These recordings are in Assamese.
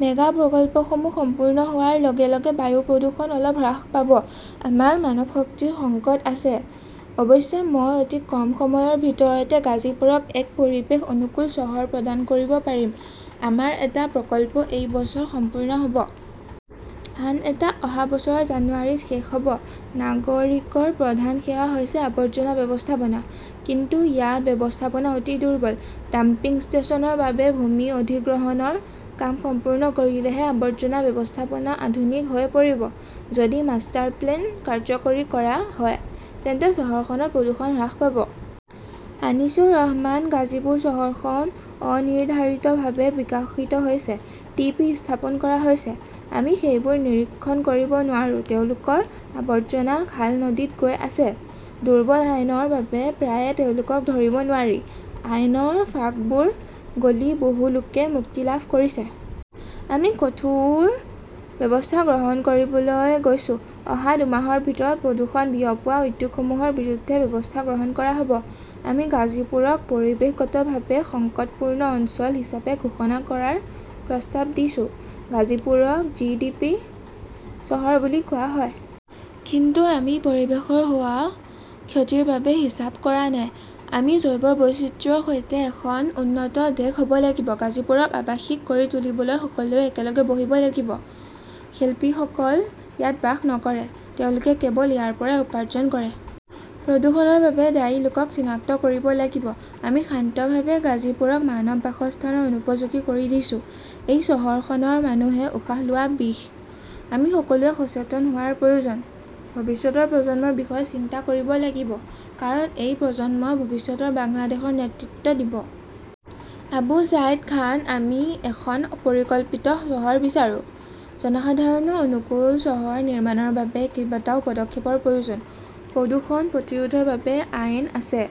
মেগা প্ৰকল্পসমূহ সম্পূৰ্ণ হোৱাৰ লগে লগে বায়ু প্ৰদূষণ অলপ হ্ৰাস পাব। আমাৰ মানৱশক্তিৰ সংকট আছে। অৱশ্যে, মই অতি কম সময়ৰ ভিতৰতে গাজীপুৰক এক পৰিৱেশ অনুকূল চহৰ প্ৰদান কৰিব পাৰিম। আমাৰ এটা প্ৰকল্প এই বছৰ সম্পূৰ্ণ হ’ব। আন এটা অহা বছৰৰ জানুৱাৰীত শেষ হ’ব। নাগৰিকৰ প্ৰধান সেৱা হৈছে আৱৰ্জনা ব্যৱস্থাপনা। কিন্তু ইয়াত ব্যৱস্থাপনা অতি দুৰ্বল। ডাম্পিং ষ্টেচনৰ বাবে ভূমি অধিগ্ৰহণৰ কাম সম্পূৰ্ণ কৰিলেহে আৱৰ্জনা ব্যৱস্থাপনা আধুনিক হৈ পৰিব। যদি মাষ্টাৰপ্লেন কাৰ্যকৰী কৰা হয়, তেন্তে চহৰখনত প্ৰদূষণ হ্ৰাস পাব। আনিছুৰ ৰহমান গাজীপুৰ চহৰখন অনিৰ্ধাৰিতভাৱে বিকশিত হৈছে। টি পি স্থাপন কৰা হৈছে। আমি সেইবোৰ নিৰীক্ষণ কৰিব নোৱাৰোঁ। তেওঁলোকৰ আৱৰ্জনা খাল-নদীত গৈ আছে। দুৰ্বল আইনৰ বাবে প্ৰায়ে তেওঁলোকক ধৰিব নোৱাৰি। আইনৰ ফাঁকবোৰ গলি বহু লোকে মুক্তি লাভ কৰিছে। আমি কঠোৰ ব্যৱস্থা গ্ৰহণ কৰিবলৈ গৈছো। অহা দুমাহৰ ভিতৰত প্ৰদূষণ বিয়পোৱা উদ্যোগসমূহৰ বিৰুদ্ধে ব্যৱস্থা গ্ৰহণ কৰা হ’ব। আমি গাজীপুৰক পৰিৱেশগতভাৱে সংকটপূৰ্ণ অঞ্চল হিচাপে ঘোষণা কৰাৰ প্ৰস্তাৱ দিছো। গাজীপুৰক জি ডি পি চহৰ বুলি কোৱা হয়। কিন্তু আমি পৰিৱেশৰ হোৱা ক্ষতিৰ বাবে হিসাব কৰা নাই। আমি জৈৱ বৈচিত্ৰ্যৰ সৈতে এখন উন্নত দেশ হ 'ব লাগিব। গাজীপুৰক আৱাসিক কৰি তুলিবলৈ সকলোৱে একেলগে বহিব লাগিব। শিল্পীসকল ইয়াত বাস নকৰে। তেওঁলোকে কেৱল ইয়াৰ পৰাই উপাৰ্জন কৰে। প্ৰদূষণৰ বাবে দায়ী লোকক চিনাক্ত কৰিব লাগিব। আমি শান্তভাৱে গাজীপুৰক মানৱ বাসস্থানৰ অনুপযোগী কৰি দিছো। এই চহৰখনৰ মানুহে উশাহ লোৱা বিষ। আমি সকলোৱে সচেতন হোৱাৰ প্ৰয়োজন। ভৱিষ্যতৰ প্ৰজন্মৰ বিষয়ে চিন্তা কৰিব লাগিব। কাৰণ এই প্ৰজন্মই ভৱিষ্যতৰ বাংলাদেশৰ নেতৃত্ব দিব। আবু ছাইদ খান আমি এখন পৰিকল্পিত চহৰ বিচাৰো। জনসাধাৰণৰ অনুকূল চহৰ নিৰ্মাণৰ বাবে কেইবাটাও পদক্ষেপৰ প্ৰয়োজন। প্ৰদূষণ প্ৰতিৰোধৰ বাবে আইন আছে।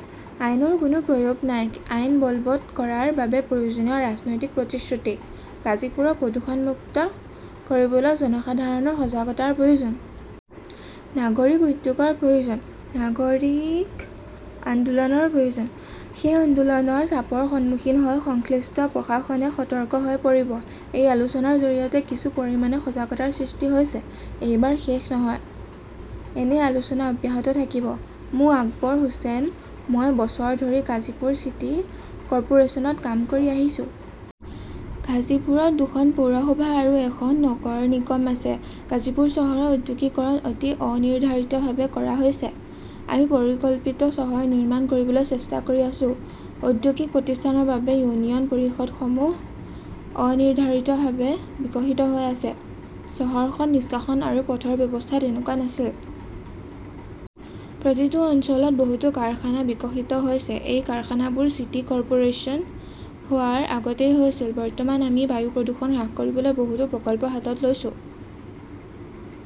আইনৰ কোনো প্ৰয়োগ নাই। আইন বলৱৎ কৰাৰ বাবে প্ৰয়োজনীয় ৰাজনৈতিক প্ৰতিশ্ৰুতি। গাজীপুৰক প্ৰদূষণমুক্ত কৰিবলৈ জনসাধাৰণৰ সজাগতাৰ প্ৰয়োজন। নাগৰিক উদ্যোগৰ প্ৰয়োজন। নাগৰিক আন্দোলনৰ প্ৰয়োজন। সেই আন্দোলনৰ চাপৰ সন্মুখীন হৈ সংশ্লিষ্ট প্ৰশাসনে সতৰ্ক হৈ পৰিব। এই আলোচনাৰ জৰিয়তে কিছু পৰিমাণে সজাগতাৰ সৃষ্টি হৈছে। এইবাৰ শেষ নহয়। এনে আলোচনা অব্যাহত থাকিব। মো. আকবৰ হোসেন মই বছৰ ধৰি গাজীপুৰ চিটি কৰ্পোৰেছনত কাম কৰি আহিছো। গাজীপুৰত দুখন পৌৰসভা আৰু এখন নগৰ নিগম আছে। গাজীপুৰ চহৰত ঔদ্যোগিকৰণ অতি অনিৰ্ধাৰিতভাৱে কৰা হৈছে। আমি পৰিকল্পিত চহৰ নিৰ্মাণ কৰিবলৈ চেষ্টা কৰি আছো। ঔদ্যোগিক প্ৰতিষ্ঠানৰ বাবে ইউনিয়ন পৰিষদসমূহ অনিৰ্ধাৰিতভাৱে বিকশিত হৈ আছে। চহৰখনত নিষ্কাশন আৰু পথৰ ব্যৱস্থা তেনেকুৱা নাছিল। প্ৰতিটো অঞ্চলত বহুতো কাৰখানা বিকশিত হৈছে। এই কাৰখানাবোৰ চিটি কৰ্পোৰেচন হোৱাৰ আগতেই হৈছিল। বৰ্তমান আমি বায়ু প্ৰদূষণ হ্ৰাস কৰিবলৈ বহুতো প্ৰকল্প হাতত লৈছো।